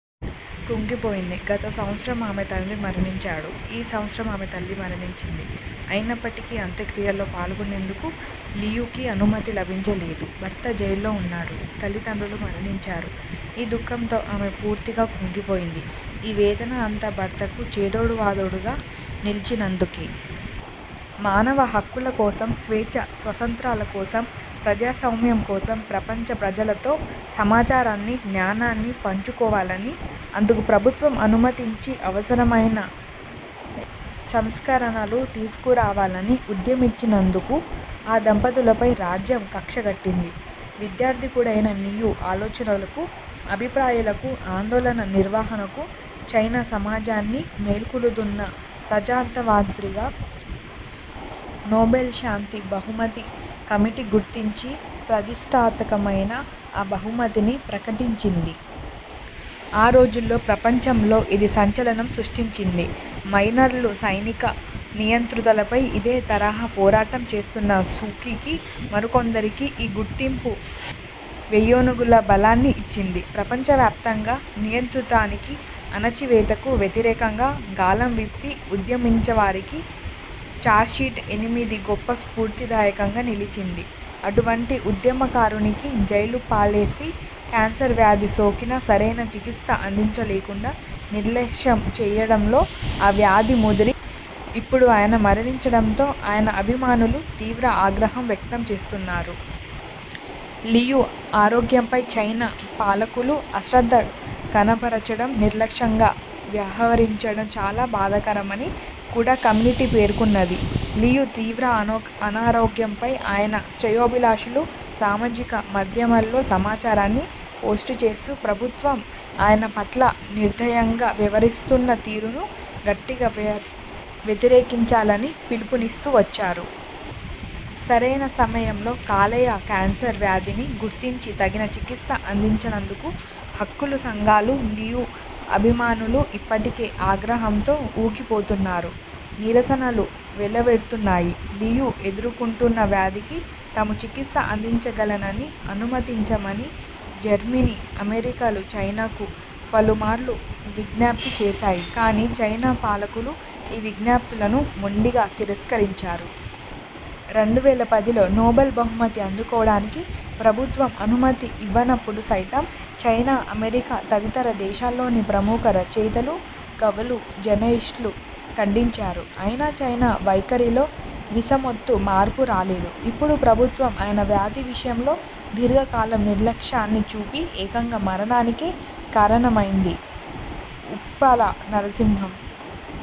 కుంగిపోయింది. గత సంవత్సరం ఆమె తండ్రి మరణించాడు. ఈ సంవత్సరం ఆమె తల్లి మరణించింది. అయినప్పటికీ అంత్యక్రియల్లో పాల్గొనేందుకు లియుకు అనుమతి లభించలేదు. భర్త జైల్లో ఉన్నాడు, తల్లిదండ్రులు మరణించారు. ఈ దుఃఖంతో ఆమె పూర్తిగా కుంగిపోయింది. ఈ వేదన అంతా భర్తకు చేదోడువాదోడుగా నిలిచినందుకే. మానవ హక్కులకోసం, స్వేచ్ఛస్వాతంత్ర్యాల కోసం, ప్రజాస్వామ్యం కోసం, ప్రపంచ ప్రజలతో సమాచారాన్ని, జ్ఞానాన్ని పంచుకోవాలని, అందుకు ప్రభుత్వం అనుమతించి అవసరమైన సంస్కరణలు తీసుకురావాలని ఉద్యమించినందుకు ఆ దంపతులపై 'రాజ్యం' కక్షగట్టింది. విద్యాధికుడైన లియు ఆలోచనలకు, అభిప్రాయాలకు, ఆందోళన నిర్వహణకు, చైనా సమాజాన్ని మేల్కొల్పుతున్న ప్రజాత్రవాదిగా నోబెల్శాంతి బహుమతి కమిటీ గుర్తించి ప్రతిష్ఠాత్మకమైన ఆ బహుమతిని ప్రకటించింది. ఆ రోజుల్లో ప్రపంచంలో ఇది సంచలనం సృష్టించింది. మైనర్లో సైనిక నియంతృత్వంపై ఇదే తరహా పోరాటం చేస్తున్న సూకీకి మరికొందరికి ఈ గుర్తింపు వెయ్యేనుగుల బలాన్ని ఇచ్చింది. ప్రపంచవ్యాప్తంగా నియంతృత్వానికి, అణచివేతకు వ్యతిరేకంగా గళం విప్పి ఉద్యమించినవారికి 'చార్శీర్ ఎనిమిది' గొప్ప స్ఫూర్తిదాయకంగా నిలిచింది. అటువంటి ఉద్యమకారుడిని జైలుపాల్జేసి, క్యాన్సర్ వ్యాధి సోకినా సరైన చికిత్స అందించకుండా నిర్లక్ష్యం చేయడంతో ఆ వ్యాధి ముదిరి, ఇప్పుడు ఆయన మరణించడంతో ఆయన అభిమానులు తీవ్ర ఆగ్రహం వ్యక్తం చేస్తున్నారు. లియు ఆరోగ్యంపై చైనా పాలకులు అశ్రద్ధ కనబరచడం, నిర్లక్ష్యంగా వ్యవహరించడం చాలా బాధాకరమని కూడా కమిటీ పేర్కొన్నది. లియు తీవ్ర అనారోగ్యంపై ఆయన శ్రేయోభిలాషులు సామాజిక మాధ్యమాల్లో సమాచారాన్ని పోస్టు చేస్తూ ప్రభుత్వం ఆయన పట్ల నిర్దయంగా వ్యవహరిస్తున్న తీరును గట్టిగా వ్యతిరేకించాలని పిలుపునిస్తూ వచ్చారు. సరైన సమయంలో కాలేయ క్యాన్సర్ వ్యాధిని గుర్తించి తగిన చికిత్స అందించనందుకు హక్కుల సంఘాలు, లియు అభిమానులు ఇప్పటికే ఆగ్రహంతో ఊగిపోతున్నారు, నిరసనలు వెల్లువెత్తుతున్నాయి. లియూ ఎదుర్కొం టున్న వ్యాధికి తాము చికిత్స అందించగలననీ, అనుమతించమనీ జర్మనీ, అమెరికాలు చైనాకు పలుమార్లు విజ్ఞప్తి చేసాయి. కానీ, చైనా పాలకులు ఈ విజ్ఞప్తులను మొండిగా తిరస్కరించారు. రెండు వేల పదిలో నోబెల్ బహుమతి అందుకోవడానికి ప్రభుత్వం అనుమతి ఇవ్వనప్పుడు సైతం చైనా, అమెరికా తదితర దేశాల్లోని ప్రముఖ రచయితలు, కవులు, జర్నలిస్టులు ఖండించారు. అయినా చైనా వైఖరిలో వీసమెత్తు మార్పు రాలేదు. ఇప్పుడు ప్రభుత్వం ఆయన వ్యాధి విషయంలో దీర్ఘకాలం నిర్లక్ష్యాన్ని చూపి ఏకంగా మరణానికే కారణమైంది. వుప్పల నరసింహం